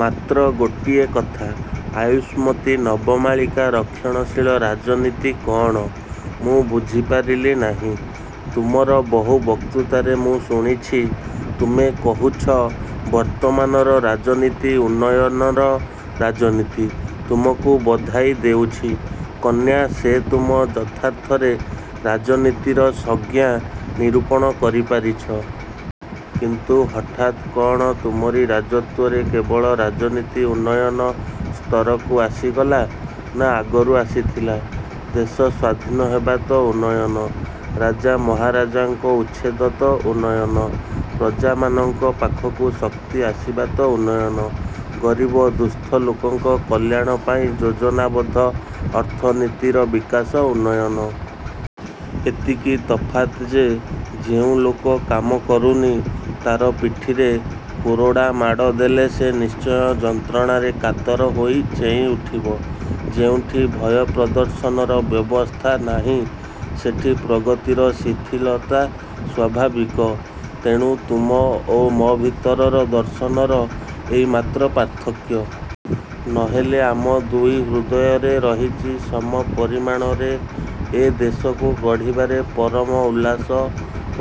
ମାତ୍ର ଗୋଟାଏ କଥା, ଆୟୁଷ୍ମତୀ ନବମାଳିକା, ରକ୍ଷଣଶୀଳ ରାଜନୀତି କଅଣ ମୁଁ ବୁଝିପାରିଲି ନାହିଁ। ତୁମର ବହୁ ବକ୍ତୃତାରେ ମୁଁ ଶୁଣିଛି ତୁମେ କହୁଛ ବର୍ତ୍ତମାନର ରାଜନୀତି ଉନ୍ନୟନର ରାଜନୀତି। ତୁମକୁ ବଧାଇ ଦେଉଛି, କନ୍ୟା, ସେ ତୁମେ ଯଥାର୍ଥରେ ରାଜନୀତିର ସଂଜ୍ଞା ନିରୂପଣ କରିପାରିଛ। କିନ୍ତୁ ହଠାତ୍ କଅଣ ତୁମରି ରାଜତ୍ଵରେ କେବଳ ରାଜନୀତି ଉନ୍ନୟନ ସ୍ତରକୁ ଆସିଗଲା ନା ଆଗରୁ ଆସିଥିଲା? ଦେଶ ସ୍ଵାଧୀନ ହେବା ତ ଉନ୍ନୟନ, ରାଜା ମହାରାଜାଙ୍କ ଉଚ୍ଛେଦ ତ ଉନ୍ନୟନ, ପ୍ରଜାମାନଙ୍କ ପାଖକୁ ଶକ୍ତି ଆସିବା ତ ଉନ୍ନୟନ, ଗରିବ ଦୁସ୍ଥ ଲୋକଙ୍କ କଲ୍ୟାଣ ପାଇଁ ଯୋଜନାବଦ୍ଧ ଅର୍ଥନୀତିର ବିକାଶ ଉନ୍ନୟନ! ଏତିକି ତଫାତ୍ ଯେ, ଯେଉଁ ଲୋକ କାମ କରୁନି, ତାର ପିଠିରେ କୋରଡ଼ାମାଡ଼ ଦେଲେ ସେ ନିଶ୍ଚୟ ଯନ୍ତ୍ରଣାରେ କାତର ହୋଇ ଚେଇଁ ଉଠିବ। ଯେଉଁଠି ଭୟପ୍ରଦର୍ଶନର ବ୍ୟବସ୍ଥା ନାହିଁ ସେଠି ପ୍ରଗତିର ଶିଥିଳତା ସ୍ୱାଭାବିକ; ତେଣୁ ତୁମ ଓ ମୋ ଭିତରର ଦର୍ଶନର ଏଇ ମାତ୍ର ପାର୍ଥକ୍ୟ। ନ ହେଲେ ଆମ ଦୁଇ ହୃଦୟରେ ରହିଛି ସମପରିମାଣରେ ଏ ଦେଶକୁ ଗଢ଼ିବାରେ ପରମ ଉଲ୍ଲାସ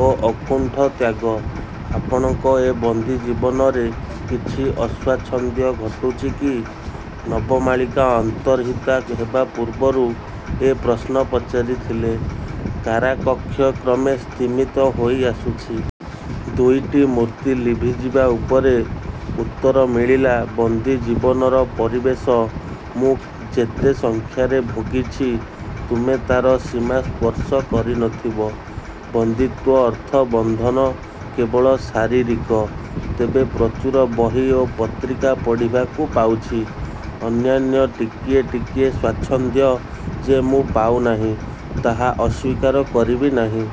ଓ ଅକୁଣ୍ଠ ତ୍ୟାଗ। -ଆପଣଙ୍କ ଏ ବନ୍ଦୀ ଜୀବନରେ କିଛି ଅସ୍ୱାଚ୍ଛନ୍ଦ୍ୟ ଘଟୁଛି କି? ନବମାଳିକା ଅନ୍ତର୍ହିତା ହେବା ପୂର୍ବରୁ ଏ ପ୍ରଶ୍ନ ପଚାରିଥିଲେ। କାରାକକ୍ଷ କ୍ରମେ ସ୍ତିମିତ ହୋଇଆସୁଛି। ଦୁଇଟି ମୂର୍ତ୍ତି ଲିଭି ଯିବା ଉପରେ। ଉତ୍ତର ମିଳିଲା-ବନ୍ଦୀ ଜୀବନର ପରିବେଶ ମୁଁ ଯେତେ ସଂଖ୍ୟାରେ ଭୋଗିଛି, ତୁମେ ତାର ସୀମା ସ୍ପର୍ଶ କରିନଥିବ। ବନ୍ଦୀତ୍ଵ ଅର୍ଥ ବନ୍ଧନ କେବଳ ଶାରୀରିକ। ତେବେ ପ୍ରଚୁର ବହି ଓ ପତ୍ରିକା ପଢ଼ିବାକୁ ପାଉଛି। ଅନ୍ୟାନ୍ୟ ଟିକିଏ ଟିକିଏ ସ୍ଵାଚ୍ଛନ୍ଦ୍ୟ ଯେ ମୁଁ ପାଉନାହିଁ, ତାହା ଅସ୍ୱୀକାର କରିବି ନାହିଁ।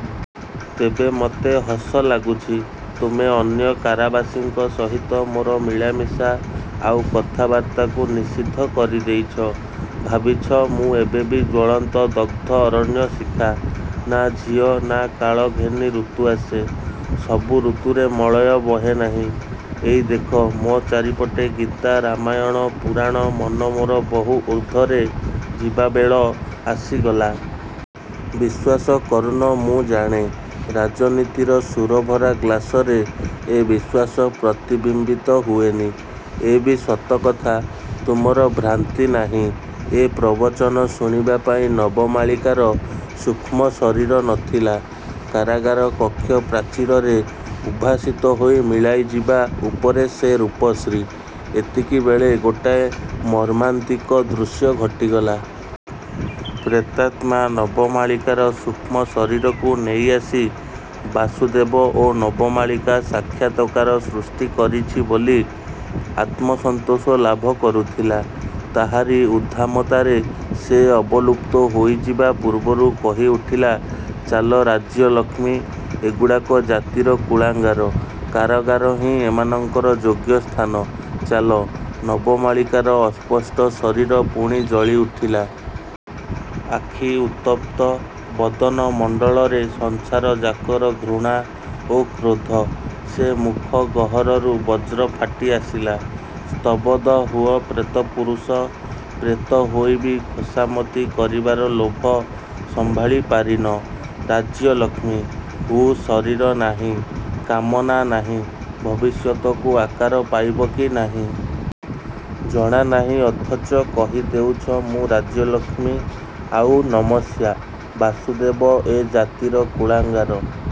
ତେବେ ମତେ ହସ ଲାଗୁଛି, ତୁମେ ଅନ୍ୟ କାରାବାସୀଙ୍କ ସହିତ ମୋର ମିଳାମିଶା ଆଉ କଥାବାର୍ତ୍ତାକୁ ନିଷିଦ୍ଧ କରିଦେଇଛ। ଭାବିଛ ମୁଁ ଏବେବି ଜ୍ଵଳନ୍ତ ଦଗ୍ଧ ଅରଣ୍ୟ ଶିଖା-? ନା, ଝିଅ, ନା-କାଳ ଘେନି ୠତୁ ଆସେ। ସବୁ ଋତୁରେ ମଳୟ ବହେ ନାହିଁ। ଏଇ ଦେଖ, ମୋ ଚାରିପଟେ ଗୀତା ରାମାୟଣ, ପୁରାଣ; ମନ ମୋର ବହୁ ଉର୍ଦ୍ଧ୍ଵରେ- ଯିବାବେଳ ଆସିଗଲା। ବିଶ୍ୱାସ କରୁନ ମୁଁ ଜାଣେ। ରାଜନୀତିର ସୁରାଭରା ଗ୍ଳାସରେ ଏ ବିଶ୍ୱାସ ପ୍ରତିବିମ୍ବିତ ହୁଏନି, ଏ ବି ସତକଥା। ତୁମର ଭ୍ରାନ୍ତି ନାହିଁ-। ଏ ପ୍ରବଚନ ଶୁଣିବା ପାଇଁ ନବମାଳିକାର ସୂକ୍ଷ୍ମ ଶରୀର ନଥିଲା। କାରାଗାର କକ୍ଷ ପ୍ରାଚୀରରେ ଉଦ୍ଭାସିତ ହୋଇ ମିଳାଇଯିବା ଉପରେ ସେ ରୂପଶ୍ରୀ- ଏତିକିବେଳେ ଗୋଟାଏ ମର୍ମାନ୍ତିକ ଦୃଶ୍ୟ ଘଟିଗଲା। ପ୍ରେତାତ୍ମା ନବମାଳିକାର ସୂକ୍ଷ୍ମ ଶରୀରକୁ ନେଇଆସି ବାସୁଦେବ ଓ ନବମାଳିକା ସାକ୍ଷାତକାର, ସୃଷ୍ଟି କରିଛି ବୋଲି ଆତ୍ମସନ୍ତୋଷ ଲାଭ କରୁଥିଲା। ତାହାରି ଉଦ୍ଦାମତାରେ ସେ ଅବଲୁପ୍ତ ହୋଇଯିବା ପୂର୍ବରୁ କହି ଉଠିଲା-ଚାଲ ରାଜ୍ୟଲକ୍ଷ୍ମୀ, ଏଗୁଡ଼ାକ ଜାତିର କୁଳାଙ୍ଗାର, କାରଗାରହିଁ ଏମାନଙ୍କର ଯୋଗ୍ୟ ସ୍ଥାନ, ଚାଲ-। ନବମାଳିକାର ଅସ୍ପଷ୍ଟ ଶରୀର ପୁଣି ଜଳି ଉଠିଲା। ଆଖି ଉତ୍ତପ୍ତ। ବଦନ ମଣ୍ଡଳରେ ସଂସାର ଯାକର ଘୃଣା ଓ କ୍ରୋଧ। ସେ ମୁଖ ଗହରରୁ ବଜ୍ର ଫାଟି ଆସିଲା- 'ସ୍ତବଧ ହୁଅ ପ୍ରେତପୁରୁଷ। ପ୍ରେତ ହୋଇ ବି ଖୋସାମତି କରିବାର ଲୋଭ ସମ୍ଭାଳି ପାରିନ? ରାଜ୍ୟଲକ୍ଷ୍ମୀ? ହୁଃ-ଶରୀର ନାହିଁ, କାମନା ନାହିଁ, ଭବିଷ୍ୟତକୁ ଆକାର ପାଇବ କି ନାହିଁ। ଜଣାନାହିଁ, ଅଥଚ କହିଦେଉଛ ମୁଁ ରାଜ୍ୟଲକ୍ଷ୍ମୀ ଆଉ ନମସ୍ୟା। ବାସୁଦେବ ଏ ଜାତିର କୁଳାଙ୍ଗାର-?